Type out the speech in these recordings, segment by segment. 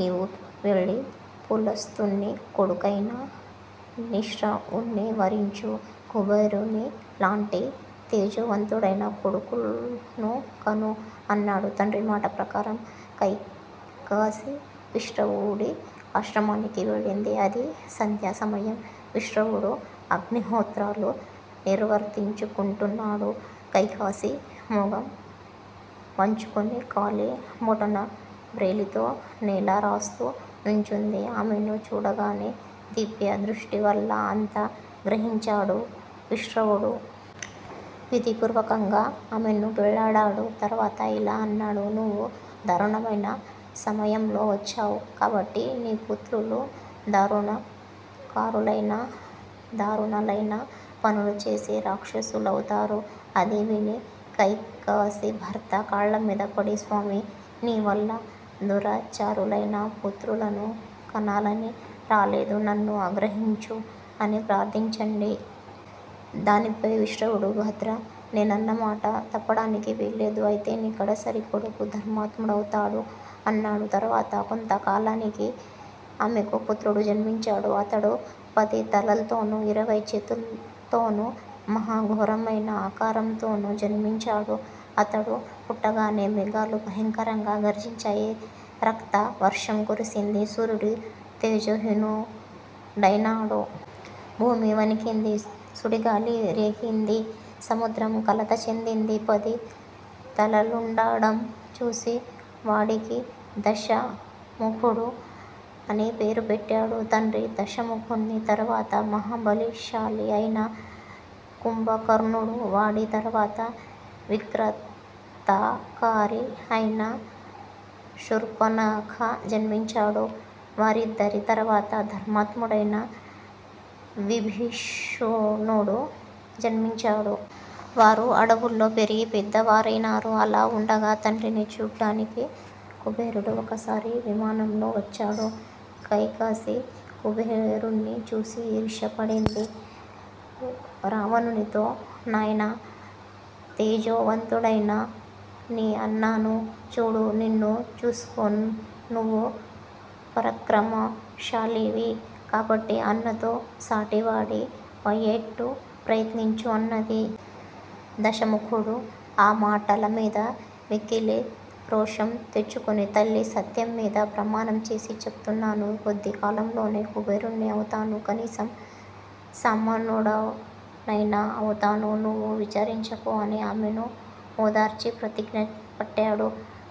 నువ్వు వెళ్ళి పులస్త్యుని కొడుకైన నిశ్రవుణ్ని వరించు. కుబేరునిలాంటి తేజోవంతుడైన కొడుకును కను అన్నాడు. తండ్రి మాట ప్రకారం కైకసి విశ్రవుడి ఆశ్రమానికి వెళ్ళింది. అది సంధ్యాసమయం, విశ్రవుడు అగ్నిహోత్రాలు నిర్వర్తించుకుంటున్నాడు. కైకసి మొగం వంచుకొని కాలి బొటనవ్రేలితో నేలరాస్తూ నుంచుంది. ఆమెను చూడగానే దివ్యదృష్టి వల్ల అంతా గ్రహించాడు విశ్రవుడు. విధిపూర్వకంగా ఆమెను పెళ్లాడాడు. తర్వాత ఇలా అన్నాడు. నువ్వు దారుణమైన సమయంలో వచ్చావు. కాబట్టి నీ పుత్రులు దారుణాకారులైన దారుణాలైన పనులు చేసే రాక్షసులవుతారు అది విని కైకసి భర్త కాళ్ళమీద పడి స్వామీ! నీవల్ల దురాచారులైన పుత్రులను కనాలని రాలేదు. నన్ను అనుగ్రహించు అని ప్రార్దించండి. దానిపై విశ్రవుడు భద్రా! నేనన్నమాట తప్పడానికి వీల్లేదు. అయితే నీ కడసారి కొడుకు ధర్మాత్ముడవుతాడు అన్నాడు. తరువాత కొంతకాలానికి ఆమెకు పుత్రుడు జన్మించాడు. అతడు పదితలల్తోనూ, ఇరవై చేతుల్తోనూ మహా ఘోరమైన ఆకారంతోనూ జన్మించాడు. అతడు పుట్టగానే మేఘాలు భయంకరంగా గర్జించాయి. రక్తవర్షం కురిసింది. సూర్యుడు తేజోహీనుడైనాడు. భూమి వణికింది. సుడిగాలి రేగింది. సముద్రం కలత చెందింది. పది తలలుండడం చూసి వాడికి దశముఖుడు అని పేరు పెట్టాడు తండ్రి. దశముఖుని తరువాత మహా బలిశాలి అయిన కుంభకర్ణుడూ, వాడి తరువాత వికృతాకారి అయిన శూర్పనఖ జన్మించారు. వారిద్దరి తరువాత ధర్మాత్ముడైన విభీషణుడు జన్మించాడు. వారు అడవుల్లో పెరిగి పెద్దవారైనారు. అలా వుండగా తండ్రిని చూడ్డానికి కుబేరుడు ఒక సారి విమానంలో వచ్చాడు. కైకసి కుబేరుణ్ణి చూసి ఈర్ష్య పడింది. రావణునితో నాయనా! తేజోవంతుడైన నీ అన్నను చూడు. నిన్నూ చూసుకో, నువ్వు పరాక్రమశాలివి. కాబట్టి అన్నతో సాటివాడివయ్యేట్టు ప్రయత్నించు అన్నది. దశముఖుడు ఆ మాటల మీద మిక్కిలి రోషం తెచ్చుకొని తల్లీ! సత్యం మీద ప్రమాణం చేసి చెపుతున్నాను. కొద్ది కాలంలోనే కుబేరుణ్ణి అవుతాను. కనీసం సమానుడనైనా అవుతాను. నువ్వు విచారించకు అని ఆమెను ఓదార్చి ప్రతిజ్ఞ పట్టాడు.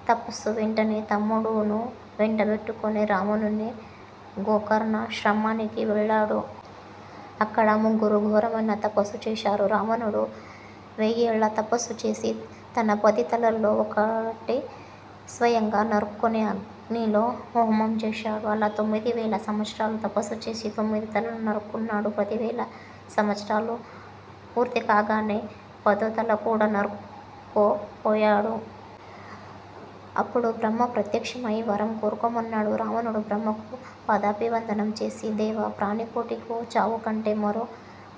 తపస్సు వెంటనే తమ్ములను వెంటబెట్టుకుని రావణుడు గోకర్ణాశ్రమానికి వెళ్లాడు. అక్కడ ముగ్గురూ ఘోరమైన తపస్సు చేశారు. రావణుడు వెయ్యేళ్ళు తపస్సు చేసి, తన పది తలల్లోనూ ఒకటి స్వయంగా నరుక్కొని అగ్నిలో హోమం చేశాడు. అలా తొమ్మిది వేల సంవత్సరాలు తపస్సు చేసి తొమ్మిది తలలు నరుక్కున్నాడు. పదివేల సంవత్సరాలూ పూర్తికాగానే పదో తల కూడా నరుక్కోపోయాడు. అప్పుడు బ్రహ్మ ప్రత్యక్షం అయి వరం కోరుకోమన్నాడు. రావణుడు బ్రహ్మకు పాదాభివందనం చేసి దేవా! ప్రాణికోటికి చావుకంటే మరో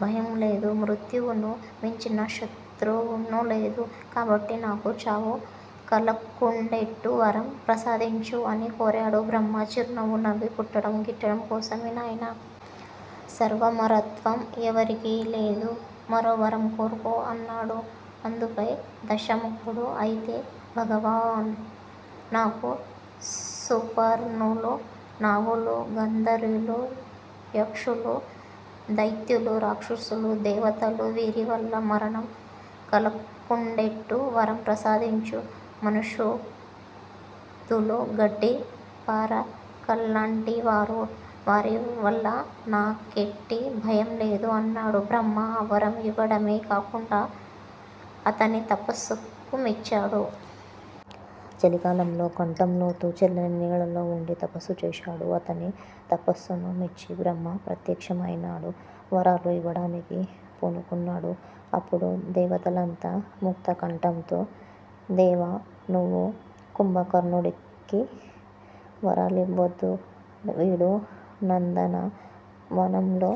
భయంలేదు. మృత్యువును మించిన శత్రువున్నూ లేదు. కాబట్టి నాకు చావు కలక్కుండేట్టు వరం ప్రసాదించు అని కోరాడు. బ్రహ్మ చిరునవ్వు నవ్వి పుట్టడం గిట్టడం కోసమే నాయనా. సర్వామరత్వం ఎవరికీ లేవు. మరో వరం కోరుకో అన్నాడు. అందుపై దశముఖుడు అయితే భగవాన్! నాకు సుపర్ణులు, నాగులు, గంధర్వులు, యక్షులు, దైత్యులు, రాక్షసులు, దేవతలు వీరి వల్ల మరణం కలక్కుండేట్టు వరం ప్రసాదించు. మనుష్యాదులు గడ్డిపరకల్లాంటివారు. వారివల్ల నాకెట్టి భయంలేదు. అన్నాడు. బ్రహ్మ ఆ వరం ఇవ్వడమే కాకుండా అతని తపస్సుకు మెచ్చాడు. చలికాలంలో కంఠంలోతు చల్లని నీళ్ళలో వుండి తపస్సు చేశాడు. అతని తపస్సుకు మెచ్చి బ్రహ్మ ప్రత్యక్షం అయినాడు. వరాలు ఇవ్వడానికి పూనుకున్నాడు. అప్పుడు దేవతలంతా ముక్తకంఠంతో దేవా! నువ్వు కుంభకర్ణుడికి వరాలివ్వవద్దు. వీడు నందనవనంలో